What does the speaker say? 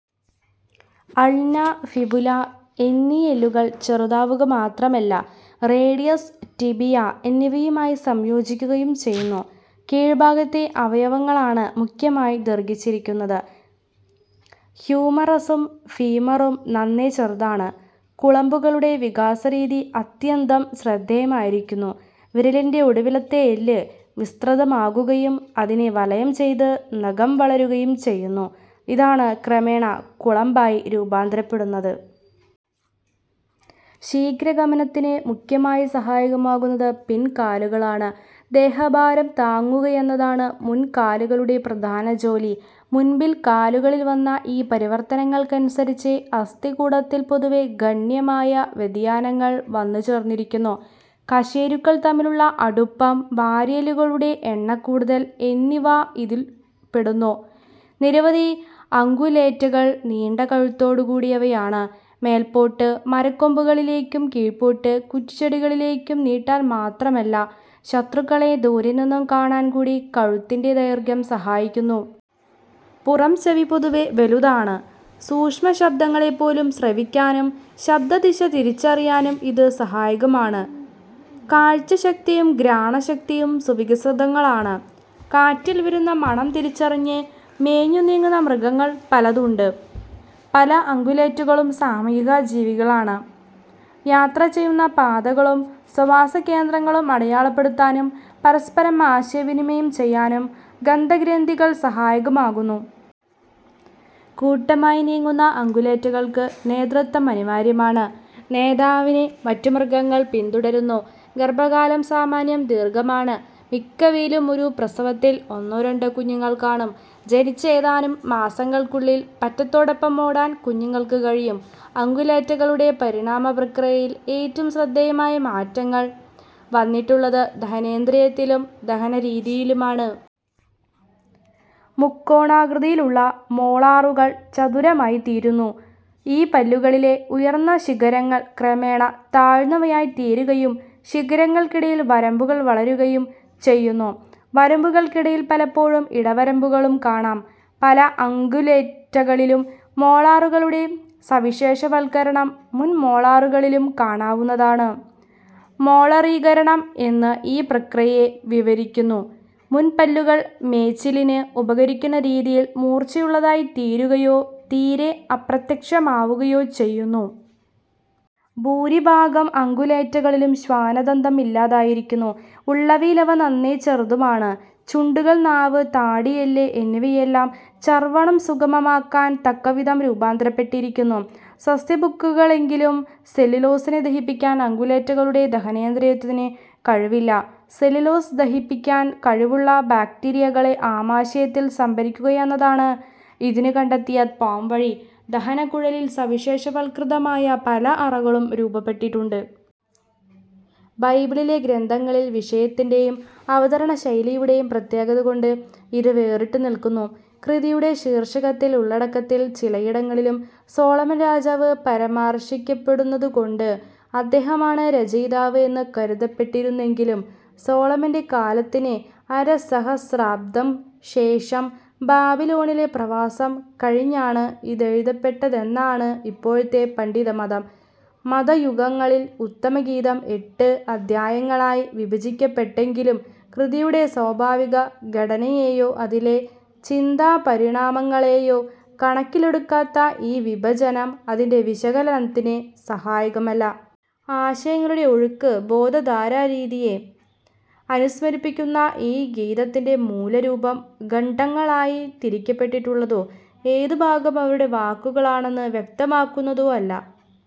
Ulna, fibula എന്നീ എല്ലുകൾ ചെറുതാവുകമാത്രമല്ല, റേഡിയസ്, ടിബിയ എന്നിവയുമായി സംയോജിക്കുകയും ചെയ്യുന്നു. കീഴ്ഭാഗത്തെ അവയവങ്ങളാണ് മുഖ്യമായി ദീർഘിച്ചിരിക്കുന്നത്. ഹ്യൂമറസും ഫീമറും നന്നേ ചെറുതാണ്. കുളമ്പുകളുടെ വികാസരീതി അത്യന്തം ശ്രദ്ധേയമായിരിക്കുന്നു. വിരലിന്റെ ഒടുവിലത്തെ എല്ല് വിസ്തൃതമാകുകയും അതിനെ വലയംചെയ്ത് നഖരം വളരുകയും ചെയ്യുന്നു. ഇതാണ് ക്രമേണ കുളമ്പായി രൂപാന്തരപ്പെടുന്നത്. ശീഘ്രഗമനത്തിന് മുഖ്യമായി സഹായകമാകുന്നത് പിൻകാലുകളാണ്. ദേഹഭാരം താങ്ങുകയെന്നതാണ് മുൻകാലുകളുടെ പ്രധാനജോലി. മുൻ-പിൻ കാലുകളിൽ വന്ന ഈ പരിവർത്തനങ്ങൾക്കനുസരിച്ച് അസ്ഥികൂടത്തിൽ പൊതുവേ ഗണ്യമായ വ്യതിയാനങ്ങൾ വന്നുചേർന്നിരിക്കുന്നു. കശേരുക്കൾ തമ്മിലുള്ള അടുപ്പം, വാരിയെല്ലുകളുടെ എണ്ണക്കൂടുതൽ എന്നിവ ഇതിൽപ്പെടുന്നു. നിരവധി അംഗുലേറ്റകൾ നീണ്ട കഴുത്തോടുകൂടിയവയാണ്. മേല്പോട്ട് മരക്കൊമ്പുകളിലേക്കും കീഴ്പോട്ട് കുറ്റിച്ചെടികളിലേക്കും നീട്ടാൻ മാത്രമല്ല, ശത്രുക്കളെ ദൂരെനിന്ന് കാണാൻകൂടി കഴുത്തിന്റെ ദൈർഘ്യം സഹായിക്കുന്നു. പുറംചെവി പൊതുവേ വലുതാണ്. സൂക്ഷ്മശബ്ദങ്ങളെപ്പോലും ശ്രവിക്കാനും ശബ്ദദിശ തിരിച്ചറിയാനും ഇതു സഹായകമാണ്. കാഴ്ചശക്തിയും ഘ്രാണശക്തിയും സുവികസിതങ്ങളാണ്. കാറ്റിൽ വരുന്ന മണം തിരിച്ചറിഞ്ഞ് മേഞ്ഞുനീങ്ങുന്ന മൃഗങ്ങൾ പലതുണ്ട്. പല അംഗുലേറ്റകളും സാമൂഹികജീവികളാണ്. യാത്ര ചെയ്യുന്ന പാതകളും സ്വവാസകേന്ദ്രങ്ങളും അടയാളപ്പെടുത്താനും പരസ്പരം ആശയവിനിമയം ചെയ്യാനും ഗന്ധ ഗ്രന്ഥികൾ സഹായകമാകുന്നു. കൂട്ടമായി നീങ്ങുന്ന അംഗുലേറ്റകൾക്ക് നേതൃത്വം അനിവാര്യമാണ്. നേതാവിനെ മറ്റു മൃഗങ്ങൾ പിന്തുടരുന്നു. ഗർഭകാലം സാമാന്യം ദീർഘമാണ്. മിക്കവയിലും ഒരു പ്രസവത്തിൽ ഒന്നോ രണ്ടോ കുഞ്ഞുങ്ങൾ കാണും. ജനിച്ച് ഏതാനും മാസങ്ങൾക്കുള്ളിൽ പറ്റത്തോടൊപ്പം ഓടാൻ കുഞ്ഞുങ്ങൾക്കു കഴിയും. അംഗുലേറ്റകളുടെ പരിണാമ പ്രക്രിയയിൽ ഏറ്റവും ശ്രദ്ധേയമായ മാറ്റങ്ങൾ വന്നിട്ടുള്ളത് ദഹനേന്ദ്രിയത്തിലും ദഹനരീതിയിലുമാണ്. മുക്കോണാകൃതിയിലുള്ള മോളാറുകൾ ചതുരമായിത്തീരുന്നു. ഈ പല്ലുകളിലെ ഉയർന്ന ശിഖരങ്ങൾ ക്രമേണ താഴ്ന്നവയായിത്തീരുകയും ശിഖരങ്ങൾക്കിടയിൽ വരമ്പുകൾ വളരുകയും ചെയ്യുന്നു. വരമ്പുകൾക്കിടയിൽ പലപ്പോഴും ഇടവരമ്പുകളും കാണാം. പല അംഗുലേറ്റകളിലും മോളാറുകളുടെ സവിശേഷവത്കരണം മുൻമോളാറുകളിലും കാണാവുന്നതാണ്. മോളറീകരണം എന്ന് ഈ പ്രക്രിയയെ വിവരിക്കുന്നു. മുൻപല്ലുകൾ മേച്ചിലിന് ഉപകരിക്കുന്നരീതിയിൽ മൂർച്ചയുള്ളതായിത്തീരുകയോ തീരെ അപ്രത്യക്ഷമാകുകയോ ചെയ്യുന്നു. ഭൂരിഭാഗം അംഗുലേറ്റകളിലും ശ്വാനദന്തം ഇല്ലാതായിരിക്കുന്നു; ഉള്ളവയിൽ അവ നന്നേ ചെറുതുമാണ്. ചുണ്ടുകൾ, നാവ്, താടിയെല്ല് എന്നിവയെല്ലാം ചർവണം സുഗമമാക്കാൻ തക്കവിധം രൂപാന്തരപ്പെട്ടിരിക്കുന്നു. സസ്യഭുക്കുകളെങ്കിലും സെല്ലുലോസിനെ ദഹിപ്പിക്കാൻ അംഗുലേറ്റകളുടെ ദഹനേന്ദ്രിയത്തിനു കഴിവില്ല. സെല്ലുലോസ് ദഹിപ്പിക്കാൻ കഴിവുള്ള ബാക്റ്റീരിയകളെ ആമാശയത്തിൽ സംഭരിക്കുകയെന്നതാണ് ഇതിനു കണ്ടെത്തിയിരിക്കുന്ന പോംവഴി. ദഹനക്കുഴലിൽ സവിശേഷവത്കൃതമായ പല അറകളും രൂപപ്പെട്ടിട്ടുണ്ട്. ബൈബിളിലെ ഗ്രന്ഥങ്ങളിൽ വിഷയത്തിന്റേയും അവതരണശൈലിയുടേയും പ്രത്യേകത കൊണ്ട് ഇത് വേറിട്ട് നിൽക്കുന്നു. കൃതിയുടെ ശീർഷകത്തിലും ഉള്ളടക്കത്തിൽ ചിലയിടങ്ങളിലും സോളമൻ രാജാവ് പരാമർശിക്കപ്പെടുന്നതുകൊണ്ട്, അദ്ദേഹമാണ് രചയിതാവ് എന്ന് കരുതപ്പെട്ടിരുന്നെങ്കിലും, സോളമന്റെ കാലത്തിന് അരസഹസ്രാബ്ദം ശേഷം ബാബിലോണിലെ പ്രവാസം കഴിഞ്ഞാണ് ഇതെഴുതപ്പെട്ടതെന്നാണ് ഇപ്പോഴത്തെ പണ്ഡിതമതം. മദ്ധ്യയുഗങ്ങളിൽ, ഉത്തമഗീതം എട്ട് അദ്ധ്യായങ്ങളായി വിഭജിക്കപ്പെട്ടെങ്കിലും കൃതിയുടെ സ്വാഭാവിക ഘടനയേയോ അതിലെ ചിന്താപരിണാമങ്ങളേയോ കണക്കിലെടുക്കാത്ത ഈ വിഭജനം അതിന്റെ വിശകലനത്തിന് സഹായകമല്ല. ആശയങ്ങളുടെ ഒഴുക്ക് ബോധധാരാരീതിയെ അനുസ്മരിപ്പിക്കുന്ന ഈ ഗീതത്തിന്റെ മൂലരൂപം ഖണ്ഡങ്ങളായി തിരിക്കപ്പെട്ടിട്ടുള്ളതോ, ഏതുഭാഗം ആരുടെ വാക്കുകളാണെന്ന് വ്യക്തമാക്കുന്നതോ അല്ല.